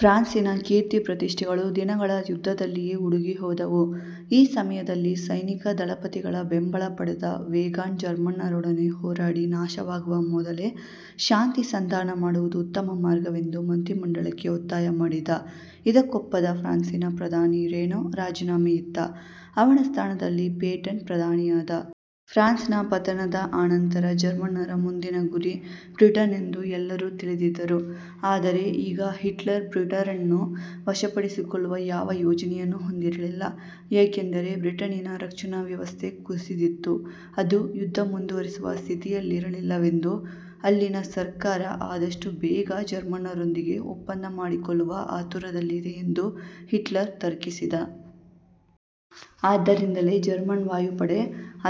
ಫ್ರಾನ್ಸಿನ ಕೀರ್ತಿಪ್ರತಿಷ್ಠೆಗಳು ದಿನಗಳ ಯುದ್ಧದಲ್ಲಿಯೇ ಉಡುಗಿಹೋದವು. ಈ ಸಮಯದಲ್ಲಿ ಸೈನಿಕ ದಳಪತಿಗಳ ಬೆಂಬಲ ಪಡೆದ ವೇಗಾನ್ ಜರ್ಮನ್ನರೊಡನೆ ಹೋರಾಡಿ ನಾಶವಾಗುವ ಮೊದಲೇ ಶಾಂತಿ ಸಂಧಾನ ಮಾಡುವುದು ಉತ್ತಮ ಮಾರ್ಗವೆಂದು ಮಂತ್ರಿಮಂಡಲಕ್ಕೆ ಒತ್ತಾಯ ಮಾಡಿದ. ಇದಕ್ಕೊಪ್ಪದ ಫ್ರಾನ್ಸಿನ ಪ್ರಧಾನಿ ರೇನೋ ರಾಜಿನಾಮೆಯಿತ್ತ. ಅವನ ಸ್ಥಾನದಲ್ಲಿ ಪೇಟನ್ ಪ್ರಧಾನಿಯಾದ. ಫ್ರಾನ್ಸ್ನ ಪತನದ ಅನಂತರ ಜರ್ಮನ್ನರ ಮುಂದಿನ ಗುರಿ ಬ್ರಿಟನ್ ಎಂದು ಎಲ್ಲರೂ ತಿಳಿದಿದ್ದರು. ಆದರೆ ಆಗ ಹಿಟ್ಲರ್ ಬ್ರಿಟನ್ನನ್ನು ವಶಪಡಿಸಿಕೊಳ್ಳುವ ಯಾವ ಯೋಜನೆಯನ್ನೂ ಹೊಂದಿರಲಿಲ್ಲ. ಏಕೆಂದರೆ, ಬ್ರಿಟನ್ನಿನ ರಕ್ಷಣಾ ವ್ಯವಸ್ಥೆ ಕುಸಿದಿದ್ದು, ಅದು ಯುದ್ಧ ಮುಂದುವರಿಸುವ ಸ್ಥಿತಿಯಲ್ಲಿರಲಿಲ್ಲವೆಂದೂ ಅಲ್ಲಿನ ಸರ್ಕಾರ ಆದಷ್ಟು ಬೇಗ ಜರ್ಮನ್ನರೊಂದಿಗೆ ಒಪ್ಪಂದ ಮಾಡಿಕೊಳ್ಳುವ ಆತುರದಲ್ಲಿದೆಯೆಂದೂ ಹಿಟ್ಲರ್ ತರ್ಕಿಸಿದ್ದ. ಆದ್ದರಿಂದಲೇ ಜರ್ಮನ್ ವಾಯುಪಡೆ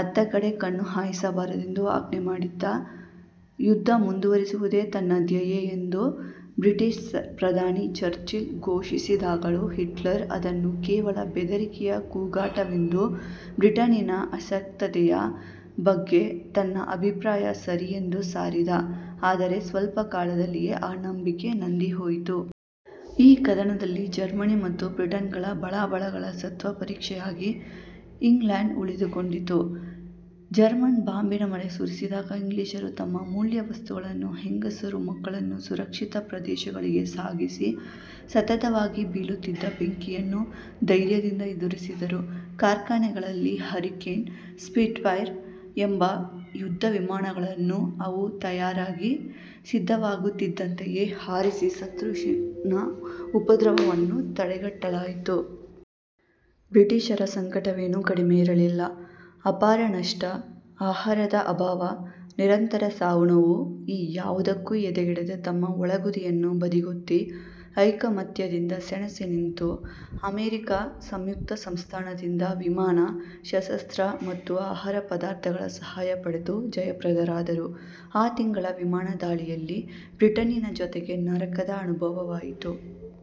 ಅತ್ತ ಕಡೆ ಕಣ್ಣು ಹಾಯಿಸಬಾರದೆಂದು ಆಜ್ಞೆ ಮಾಡಿದ್ದ. ಯುದ್ಧ ಮುಂದುವರಿಸುವುದೇ ತನ್ನ ಧ್ಯೇಯವೆಂದು ಬ್ರಿಟಿಷ್ ಪ್ರಧಾನಿ ಚರ್ಚಿಲ್ ಘೋಷಿಸಿದಾಗಲೂ ಹಿಟ್ಲರ್ ಅದನ್ನು ಕೇವಲ ಬೆದರಿಕೆಯ ಕೂಗಾಟವೆಂದೂ ಬ್ರಿಟನ್ನಿನ ಅಶಕ್ತತೆಯ ಬಗ್ಗೆ ತನ್ನ ಅಭಿಪ್ರಾಯ ಸರಿಯೆಂದೂ ಸಾರಿದ. ಆದರೆ ಸ್ವಲ್ಪ ಕಾಲದಲ್ಲೇ ಆ ನಂಬಿಕೆ ನಂದಿಹೋಯಿತು. ಈ ಕದನದಲ್ಲಿ ಜರ್ಮನಿ ಮತ್ತು ಬ್ರಿಟನ್ಗಳ ಬಲಾಬಲಗಳ ಸತ್ತ್ವಪರೀಕ್ಷೆಯಾಗಿ ಇಂಗ್ಲೆಂಡ್ ಉಳಿದುಕೊಂಡಿತು. ಜರ್ಮನ್ ಬಾಂಬಿನ ಮಳೆ ಸುರಿಸಿದಾಗ ಇಂಗ್ಲಿಷರು ತಮ್ಮ ಅಮೂಲ್ಯವಸ್ತುಗಳನ್ನೂ ಹೆಂಗಸರು ಮಕ್ಕಳನ್ನೂ ಸುರಕ್ಷಿತ ಪ್ರದೇಶಗಳಿಗೆ ಸಾಗಿಸಿ ಸತತವಾಗಿ ಬೀಳುತ್ತಿದ್ದ ಬೆಂಕಿಯನ್ನು ಧೈರ್ಯದಿಂದ ಎದುರಿಸಿದರು. ಕಾರ್ಖಾನೆಗಳಲ್ಲಿ ಹರಿಕೇನ್, ಸ್ಪಿಟ್ಫೈರ್ ಎಂಬ ಯುದ್ಧವಿಮಾನಗಳನ್ನು ಅವು ತಯಾರಾಗಿ ಸಿದ್ದವಾಗುತ್ತಿದ್ದಂತೆಯೇ ಹಾರಿಸಿ ಶತ್ರುವಿನ ಉಪದ್ರವವನ್ನು ತಡೆಗಟ್ಟಲಾಯಿತು. ಬ್ರಿಟಿಷರ ಸಂಕಟವೇನೂ ಕಡಿಮೆಯಿರಲಿಲ್ಲ. ಅಪಾರ ನಷ್ಟ, ಆಹಾರದ ಅಭಾವ, ನಿರಂತರ ಸಾವುನೋವು ಈ ಯಾವುದಕ್ಕೂ ಎದೆಗೆಡದೆ ತಮ್ಮ ಒಳಗುದಿಗಳನ್ನು ಬದಿಗೊತ್ತಿ ಐಕಮತ್ಯದಿಂದ ಸೆಣಸಿ ನಿಂತು, ಅಮೆರಿಕ ಸಂಯುಕ್ತ ಸಂಸ್ಥಾನದಿಂದ ವಿಮಾನ, ಶಸ್ತ್ರಾಸ್ತ್ರ ಮತ್ತು ಆಹಾರ ಪದಾರ್ಥಗಳ ಸಹಾಯ ಪಡೆದು ಜಯಪ್ರದರಾದರು. ಆ ತಿಂಗಳ ವಿಮಾನದಾಳಿಯಲ್ಲಿ ಬ್ರಿಟನ್ನಿನ ಜನತೆಗೆ ನರಕದ ಅನುಭವವಾಯಿತು.